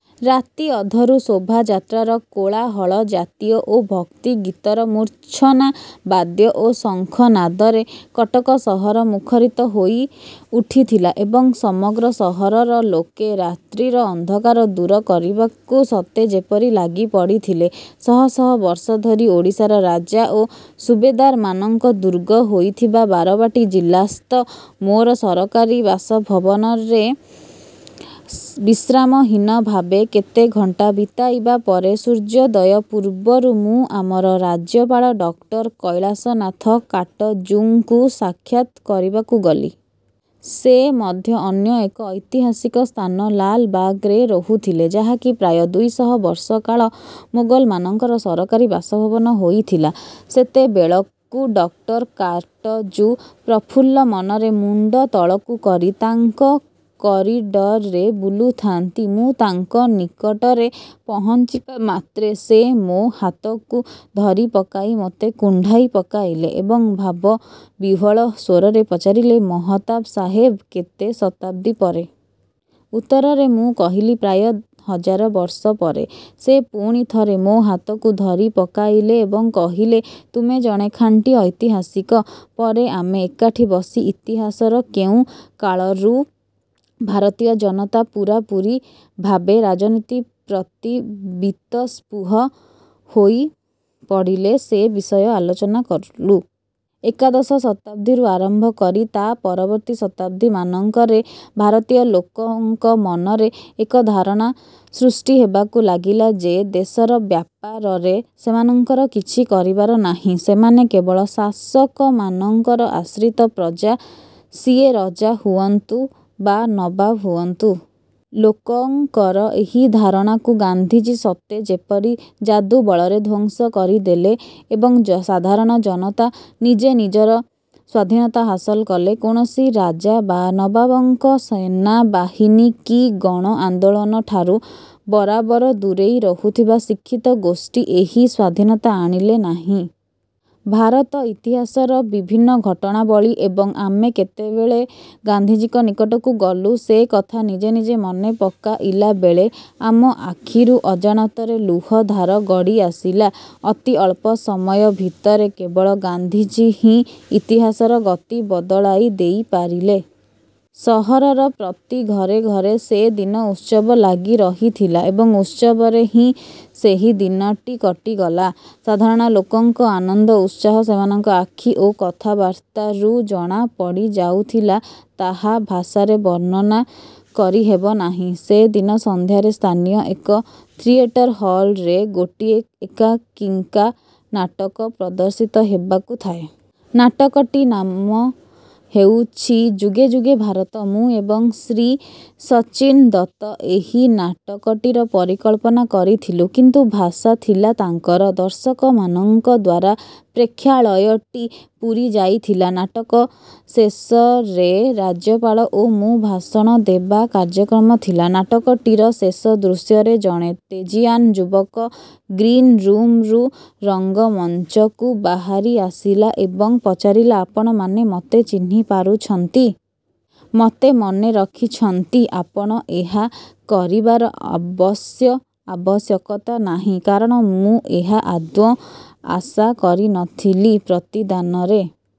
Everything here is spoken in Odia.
ରାତିଅଧରୁ ଶୋଭାଯାତ୍ରାର କୋଳାହଳ ଜାତୀୟ ଓ ଭକ୍ତିଗୀତର ମୂର୍ଚ୍ଛନା ବାଦ୍ୟ ଓ ଶଙ୍ଖ ନାଦରେ କଟକ ସହର ମୁଖରିତ ହୋଇ ଉଠିଥିଲା ଏବଂ ସମଗ୍ର ସହରର ଲୋକେ ରାତ୍ରିର ଅନ୍ଧକାର ଦୂର କରିବାକୁ ସତେ ଯେପରି ଲାଗି ପଡ଼ିଥିଲେ। ଶହ ଶହ ବର୍ଷ ଧରି ଓଡ଼ିଶାର ରାଜା ଓ ସୁବେଦାରମାନଙ୍କ ଦୁର୍ଗ ହୋଇଥିବା ବାରବାଟୀ ଜିଲ୍ଲାସ୍ଥ ମୋର ସରକାରୀ ବାସଭବନରେ ବିଶ୍ରାମହୀନ ଭାବେ କେତେ ଘଣ୍ଟା ବିତାଇବା ପରେ ସୂର୍ଯ୍ୟୋଦୟ ପୂର୍ବରୁ ମୁଁ ଆମର ରାଜ୍ୟପାଳ ଡକ୍ଟର କୈଳାସନାଥ କାଟଜୁଙ୍କୁ ସାକ୍ଷାତ୍ କରିବାକୁ ଗଲି। ସେ ମଧ୍ୟ ଅନ୍ୟ ଏକ ଐତିହାସିକ ସ୍ଥାନ ''ଲାଲବାଗ''ରେ ରହୁଥିଲେ, ଯାହାକି ପ୍ରାୟ ଦୁଇଶହ ବର୍ଷ କାଳ ମୋଗଲମାନଙ୍କର ସରକାରୀ ବାସଭବନ ହୋଇଥିଲା। ସେତେବେଳକୁ ଡକ୍ଟର କାଟଜୁ ପ୍ରଫୁଲ୍ଲମନରେ ମୁଣ୍ଡ ତଳକୁକରି ତାଙ୍କ 'କରିଡ଼ର'ରେ ବୁଲୁଥାନ୍ତି। ମୁଁ ତାଙ୍କ ନିକଟରେ ପହଞ୍ଚିବାମାତ୍ରେ ସେ ମୋ' ହାତକୁ ଧରି ପକାଇ ମୋତେ କୁଣ୍ଢାଇ ପକାଇଲେ ଏବଂ ଭାବବିହ୍ୱଳ ସ୍ୱରରେ ପଚାରିଲେ, 'ମହତାବ ସାହେବ, କେତେ ଶତାବ୍ଦୀ ପରେ? ଉତ୍ତରରେ ମୁଁ କହିଲି, ''ପ୍ରାୟ ହଜାର ବର୍ଷ ପରେ'। ସେ ପୁଣି ଥରେ ମୋ' ହାତକୁ ଧରି ପକାଇଲେ ଏବଂ କହିଲେ, 'ତୁମେ ଜଣେ ଖାଣ୍ଟି ଐତିହାସିକ'। ପରେ ଆମେ ଏକାଠି ବସି ଇତିହାସର କେଉଁକାଳରୁ ଭାରତୀୟ ଜନତା ପୂରାପୂରି ଭାବେ ରାଜନୀତି ପ୍ରତି ବୀତସ୍ପୃହ ହୋଇପଡ଼ିଲେ, ସେ ବିଷୟ ଆଲୋଚନା କଲୁ। ଏକାଦଶ ଶତାବ୍ଦୀରୁ ଆରମ୍ଭ କରି ତା' ପରବର୍ତ୍ତୀ ଶତାବ୍ଦୀମାନଙ୍କରେ ଭାରତୀୟ ଲୋକଙ୍କ ମନରେ ଏକ ଧାରଣା ସୃଷ୍ଟି ହେବାକୁ ଲାଗିଲା ଯେ ଦେଶର ବ୍ୟାପାରରେ ସେମାନଙ୍କର କିଛି କରିବାର ନାହିଁ। ସେମାନେ କେବଳ ଶାସକମାନଙ୍କର ଆଶ୍ରିତ ପ୍ରଜା, ସିଏ ରଜା ହୁଅନ୍ତୁ ବା ନବାବ ହୁଅନ୍ତୁ। ଲୋକଙ୍କର ଏହି ଧାରଣାକୁ ଗାନ୍ଧିଜୀ ସତେ ଯେପରି ଯାଦୁବଳରେ ଧ୍ୱଂସ କରିଦେଲେ ଏବଂ ସାଧାରଣ ଜନତା ନିଜେ ନିଜର ସ୍ୱାଧୀନତା ହାସଲ କଲେ। କୌଣସି ରାଜା ବା ନବାବଙ୍କ ସେନାବାହିନୀ କି ଗଣ ଆନ୍ଦୋଳନଠାରୁ ବରାବର ଦୂରେଇ ରହୁଥିବା ଶିକ୍ଷିତଗୋଷ୍ଠୀ ଏହି ସ୍ୱାଧୀନତା ଆଣିଲେ ନାହିଁ। ଭାରତ ଇତିହାସର ବିଭିନ୍ନ ଘଟଣାବଳୀ ଏବଂ ଆମେ କେତେବେଳେ ଗାନ୍ଧିଜୀଙ୍କ ନିକଟକୁ ଗଲୁ, ସେକଥା ନିଜେ ନିଜେ ମନେ ପକାଇଲାବେଳେ ଆମ ଆଖିରୁ ଅଜାଣତରେ ଲୁହ ଧାର ଗଡ଼ି ଆସିଲା। ଅତି ଅଳ୍ପ ସମୟ ଭିତରେ କେବଳ ଗାନ୍ଧିଜୀ ହିଁ ଇତିହାସର ଗତି ବଦଳାଇ ଦେଇ ପାରିଲେ। ସହରର ପ୍ରତି ଘରେ ଘରେ ସେଦିନ ଉତ୍ସବ ଲାଗି ରହିଥିଲା ଏବଂ ଉତ୍ସବରେ ହିଁ ସେହି ଦିନଟି କଟିଗଲା। ସାଧାରଣ ଲୋକଙ୍କ ଆନନ୍ଦ ଉତ୍ସାହ ସେମାନଙ୍କ ଆଖି ଓ କଥାବାର୍ତ୍ତାରୁ ଜଣାପଡ଼ିଯାଉଥିଲା। ତାହା ଭାଷାରେ ବର୍ଣ୍ଣନା କରି ହେବନାହିଁ। ସେଦିନ ସନ୍ଧ୍ୟାରେ ସ୍ଥାନୀୟ ଏକ ଥିଏଟର୍ ହଲ୍ରେ ଗୋଟିଏ ଏକାଙ୍କିକା ନାଟକ ପ୍ରଦର୍ଶିତ ହେବାକୁ ଥାଏ। ନାଟକଟି ନାମ ହେଉଛି- ''ଯୁଗେ ଯୁଗେ ଭାରତ''। ମୁଁ ଏବଂ ଶ୍ରୀ ସଚ୍ଚିନ ଦତ୍ତ ଏହି ନାଟକଟିର ପରିକଳ୍ପନା କରିଥିଲୁ; କିନ୍ତୁ ଭାଷା ଥିଲା ତାଙ୍କର। ଦର୍ଶକମାନଙ୍କଦ୍ୱାରା ପ୍ରେକ୍ଷାଳୟଟି ପୁରିଯାଇ ଥିଲା। ନାଟକ ଶେଷରେ ରାଜ୍ୟପାଳ ଓ ମୁଁ ଭାଷଣ ଦେବା କାର୍ଯ୍ୟକ୍ରମ ଥିଲା। ନାଟକଟିର ଶେଷ ଦୃଶ୍ୟରେ ଜଣେ ତେଜୀୟାନ୍ ଯୁବକ ଗ୍ରୀନ୍ ରୁମରୁ ରଙ୍ଗମଞ୍ଚକୁ ବାହାରି ଆସିଲା ଏବଂ ପଚାରିଲା- ଆପଣମାନେ ମତେ ଚିହ୍ନି ପାରୁଛନ୍ତି? ମତେ ମନେ ରଖିଛନ୍ତି? ଆପଣ ଏହା କରିବାର ଅବଶ୍ୟ ଆବଶ୍ୟକତା ନାହିଁ; କାରଣ ମୁଁ ଏହା ଆଦୌ ଆଶା କରିନଥିଲି। ପ୍ରତିଦାନରେ